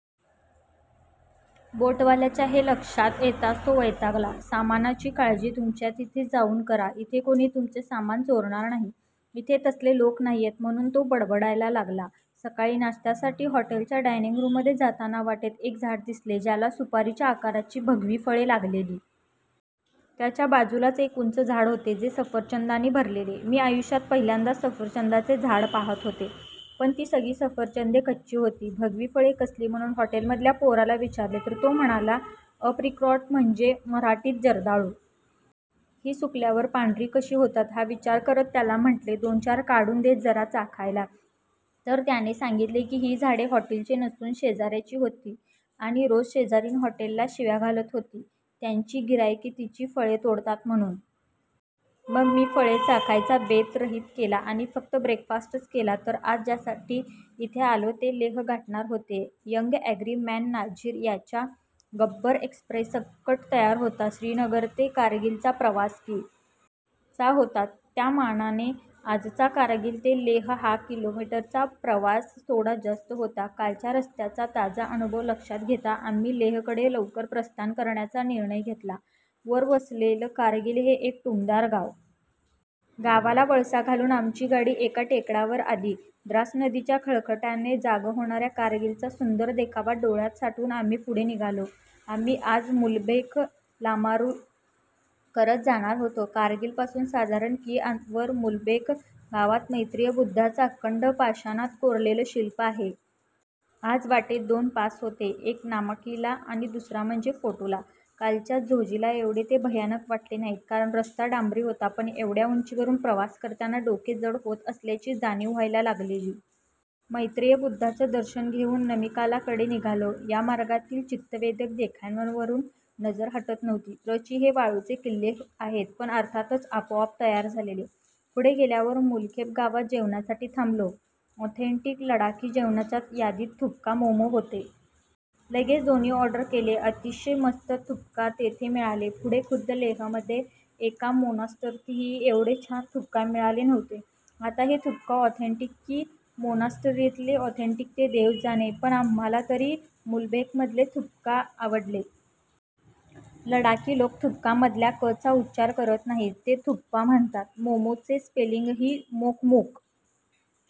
बोटवाल्याच्या ते लक्षात येताच तो वैतागला. 'सामानाची काळजी तुमच्या तिथे जाऊन करा, इथे कोणी तुमचे सामान चोरणार नाही, इथे तसले लोक नाहीयेत' म्हणुन तो बडबडायला लागला. सकाळी नाश्त्यासाठी हॉटेलच्या डायनिंग रुममध्ये जाताना वाटेत एक झाड दिसले ज्याला सुपारीच्या आकाराची भगवी फळे लागलेली. त्याच्या बाजुलाच एक उंच झाड होते जे सफरचंदानी भरलेले.. मी आयुष्यात पहिल्यांदाच सफरचंदाचे झाड पाहात होते. पण ती सगळी सफरचंदे कच्ची होती. भगवी फळे कसली म्हणुन हॉटेलमधल्या पोराला विचारले तर तो म्हणाला अॅप्रिकॉट म्हणजे मराठीत जर्दाळू. ही सुकल्यावर पांढरी कशी होतात हा विचार करत त्याला म्हटले दोनचार काढुन दे जरा चाखायला. तर त्याने सांगितले की ही झाडे हॉटेलची नसुन शेजा-याची होती आणि रोज शेजारीण हॉटेलला शिव्या घालत होती, त्यांची गि-हाईके तिची फळे तोडतात म्हणुन. मग मी फळे चाखायचा बेत रहित केला आणि फक्त ब्रेकफास्टच केला. तर आज ज्यासाठी इथे आलो ते लेह गाठणार होते. यंग अँग्री मॅन नाझिर त्याच्या गब्बर एक्प्रेससकट तयार होता. श्रीनगर ते कारगीलचा प्रवास कि. चा होता. त्या मानाने आजचा कारगील ते लेह हा कि. चा प्रवास थोडा जास्त होता. कालच्या रस्त्याचा ताजा अनुभव लक्षात घेता, आम्ही लेह कडे लवकर प्रस्थान करण्याचा निर्णय घेतला. वर वसलेल कारगील हे एक टुमदार गाव.. गावाला वळसा घालुन आमची गाडी एका टेकाडावर आली. द्रास नदीच्या खळखळाटाने जागं होणार्या कारगीलचा सुंदर देखावा डोळ्यात साठवुन आम्ही पुढे निघालो. आम्ही आज मुलबेख लामायारु करत जाणार होतो. कारगील पासून साधारण कि. वर मुलबेख गावात मैत्रेय बुद्धाच अखंड पाषाणात कोरललं शिल्प आहे. आज वाटेत दोन पास होते. एक नामिकाला आणि दुसरा म्हणजे फोटुला.. कालच्या झोझिलाएवढे ते भयानक वाटले नाहीत कारण रस्ता डांबरी होता. पण एवढ्या उंचीवरुन प्रवास करताना डोके जड होत असल्याची जाणिव व्हायला लागलेली. मैत्रेय बुद्धाच दर्शन घेऊन नमिकाला कडे निघालो. या मार्गातील चित्तवेधक देखाव्यांवरुन नजर हटत नव्हती. प्रचि हे वाळूचे किल्ले आहेत. पण अर्थातच आपोआप तयार झालेले. पुढे गेल्यावर मुलखेब गावात जेवणासाठी थांबलो. ऑथेंटिक लडाखी जेवणाच्या यादीत थुपका, मोमो होते. लगेच दोन्ही ऑर्डर केले. अतिशय मस्त थुप्का तिथे मिळाले. पुढे खुद्द लेहमध्ये एका मोनास्टरीतही एवढे छान थुपका मिळाले नव्हते. आता हे थुपका ऑथेंटिक की मोनास्टरीतले ऑथेंटिक ते देव जाणे पण आम्हाला तरी मुलबेखमधले थुप्का आवडले. लडाखी लोक थुपका मधल्या क चा उच्चार करत नाहीत. ते थुप्पा म्हणतात. मोमो चे स्पेलिंगही मोक मोक